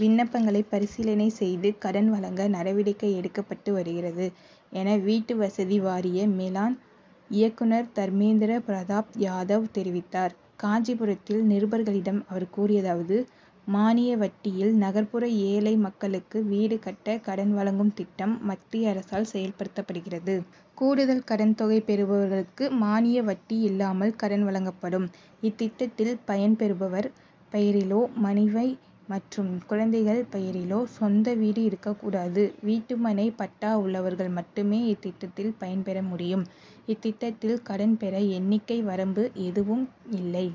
விண்ணப்பங்களை பரிசீலனை செய்து கடன் வழங்க நடவடிக்கை எடுக்கப்பட்டு வருகிறது என வீட்டு வசதி வாரிய மேலாண் இயக்குனர் தர்மேந்திரா பிரதாப் யாதவ் தெரிவித்தார். காஞ்சிபுரத்தில் நிருபர்களிடம் அவர் கூறியதாவது:மானிய வட்டியில் நகர்ப்புற ஏழை மக்களுக்கு வீடு கட்ட கடன் வழங்கும் திட்டம் மத்திய அரசால் செயல்படுத்தப்படுகிறது. கூடுதல் கடன் தொகை பெறுபவர்களுக்கு மானிய வட்டி இல்லாமல் கடன் வழங்கப்படும். இத்திட்டத்தில் பயன்பெறுபவர் பெயரிலோ, மனைவி மற்றும் குழந்தைகள் பெயரிலோ சொந்த வீடு இருக்கக் கூடாது. வீட்டுமனைப் பட்டா உள்ளவர்கள் மட்டுமே திட்டத்தில் பயன்பெற முடியும். இத்திட்டத்தில் கடன் பெற எண்ணிக்கை வரம்பு எதுவும் இல்லை.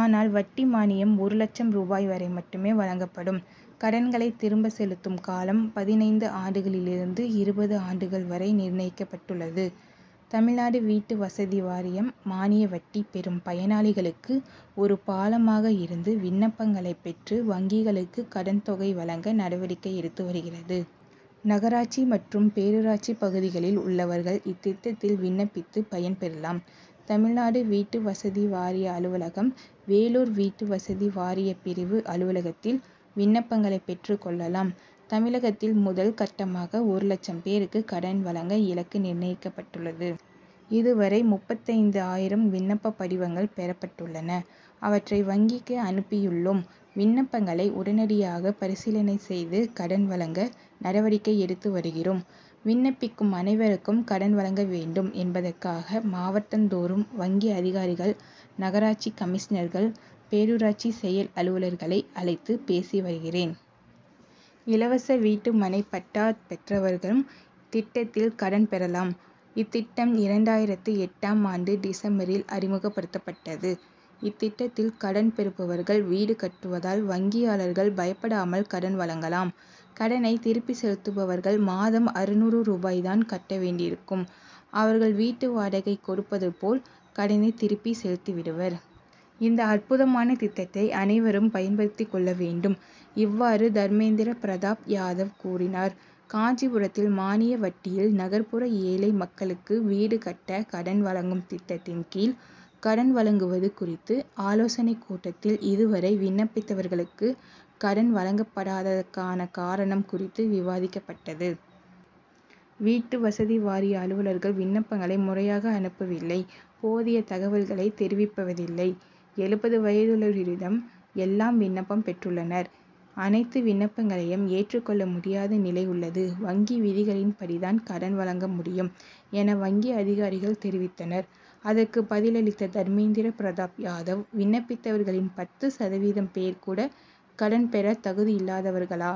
ஆனால், வட்டி மானியம் ஒரு லட்சம் ரூபாய் வரை மட்டுமே வழங்கப்படும். கடன்களை திரும்ப செலுத்தும் காலம், பதினைந்து ஆண்டுகளிலிருந்து இருபது ஆண்டுகள் வரை நிர்ணயிக்கப்பட்டுள்ளது. தமிழ்நாடு வீட்டு வசதி வாரியம் மானிய வட்டி பெறும் பயனாளிகளுக்கு ஒரு பாலமாக இருந்து விண்ணப்பங்களைப் பெற்று வங்கிகளுக்கு கடன் தொகை வழங்க நடவடிக்கை எடுத்து வருகிறது. நகராட்சி மற்றும் பேரூராட்சிப் பகுதிகளில் உள்ளவர்கள் இத்திட் டத்தில் விண்ணப்பித்து பயன்பெறலாம். தமிழ்நாடு வீட்டு வசதி வாரிய அலுவலகம், வேலூர் வீட்டு வசதி வாரியப் பிரிவு அலுவலகத்தில் விண்ணப்பங்களைப் பெற்றுக் கொள்ளலாம். தமிழகத்தில் முதல் கட்டமாக ஒரு லட்சம் பேருக்கு கடன் வழங்க இலக்கு நிர்ணயிக்கப்பட்டுள்ளது. இதுவரை முப்பத்தைந்து ஆயிரம் விண்ணப்பப் படிவங்கள் பெறப் பட்டுள்ளன. அவற்றை வங்கிக்கு அனுப்பியுள்ளோம். விண்ணப்பங்களை உடனடியாக பரிசீலனை செய்து கடன் வழங்க நடவடிக்கை எடுத்து வருகிறோம். விண்ணப்பிக்கும் அனைவருக்கும் கடன் வழங்க வேண்டும் என்பதற்காக மாவட்டம்தோறும் வங்கி அதிகாரிகள், நகராட்சி கமிஷனர்கள், பேரூராட்சி செயல் அலுவலர்களை அழைத்து பேசி வருகிறேன். இலவச வீட்டுமனைப்பட்டா பெற்றவர்களும் திட்டத்தில் கடன் பெறலாம். இத்திட்டம் இரண்டாயிரத்து எட்டாம் ஆண்டு டிசம்பரில் அறிமுகப்படுத்தப்பட்டது. இத்திட்டத்தில் கடன் பெறுபவர்கள் வீடு கட்டுவதால் வங்கியாளர்கள் பயப்படாமல் கடன் வழங்கலாம். கடனை திருப்பி செலுத்துபவர்கள் மாதம் அறுநூறு ரூபாய் தான் கட்ட வேண்டியிருக்கும். அவர்கள் வீட்டு வாடகை கொடுப்பதுபோல் கடனை திருப்பி செலுத்திவிடுவர். இந்த அற்புதமான திட்டத்தை அனைவரும் பயன்படுத்திக் கொள்ள வேண்டும். இவ்வாறு தர்மேந்திரா பிரதாப் யாதவ் கூறினார். காஞ்சிபுரத்தில் மானிய வட்டியில் நகர்ப்புற ஏழை மக்களுக்கு வீடு கட்ட கடன் வழங்கும் திட்டத்தின் கீழ் கடன் வழங்குவது குறித்த ஆலோசனைக் கூட்டத்தில் இதுவரை விண்ணப்பித்தவர்களுக்கு கடன் வழங்கப்படாததற்கான காரணம் குறித்து விவாதிக்கப்பட்டது. வீட்டு வசதி வாரிய அலுவலர்கள் விண்ணப்பங்களை முறையாக அனுப்பவில்லை. போதிய தகவல்களை தெரிவிப்பதில்லை. எழுபது வயதுள்ளவரிடம் எல்லாம் விண்ணப்பம் பெற்றுள்ளனர். அனைத்து விண்ணப்பங்களையும் ஏற்றுக்கொள்ள முடியாத நிலை உள்ளது. வங்கி விதிகளின்படிதான் கடன் வழங்க முடியும் என, வங்கி அதிகாரிகள் தெரிவித்தனர். அதற்கு பதிலளித்த தர்மேந் திரா பிரதாப் யாதவ், விண்ணப்பித்தவர்களில் பத்து சதவீதம் பேர் கூட கடன் பெற தகுதியில்லாதவர்களா?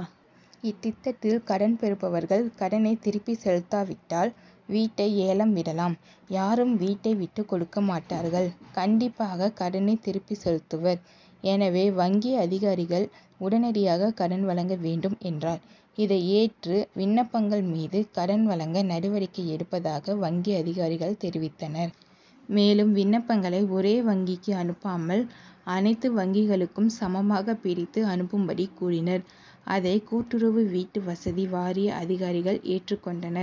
இத்திட்டத்தில் கடன் பெறுவர்கள் கடனை திருப்பி செலுத்தாவிட்டால் வீட்டை ஏலம் விடலாம். யாரும் வீட்டை விட்டுக் கொடுக்க மாட்டார்கள். கண்டிப்பாக கடனை திருப்பி செலுத்துவர். எனவே வங்கி அதிகாரிகள் உடனடியாக கடன் வழங்க வேண்டும்,'' என்றார். இதை ஏற்று விண்ணப்பங்கள் மீது கடன் வழங்க நடவடிக்கை எடுப்பதாக வங்கி அதிகாரிகள் தெரிவித்தனர். மேலும் விண்ணப் பங்களை ஒரே வங்கிக்கு அனுப்பாமல் அனைத்து வங்கிகளுக்கும் சமமாக பிரித்து அனுப்பும்படி கூறினர். அதை கூட்டுறவு வீட்டு வசதி வாரிய அதிகாரிகள் ஏற்றுக் கொண்டனர்.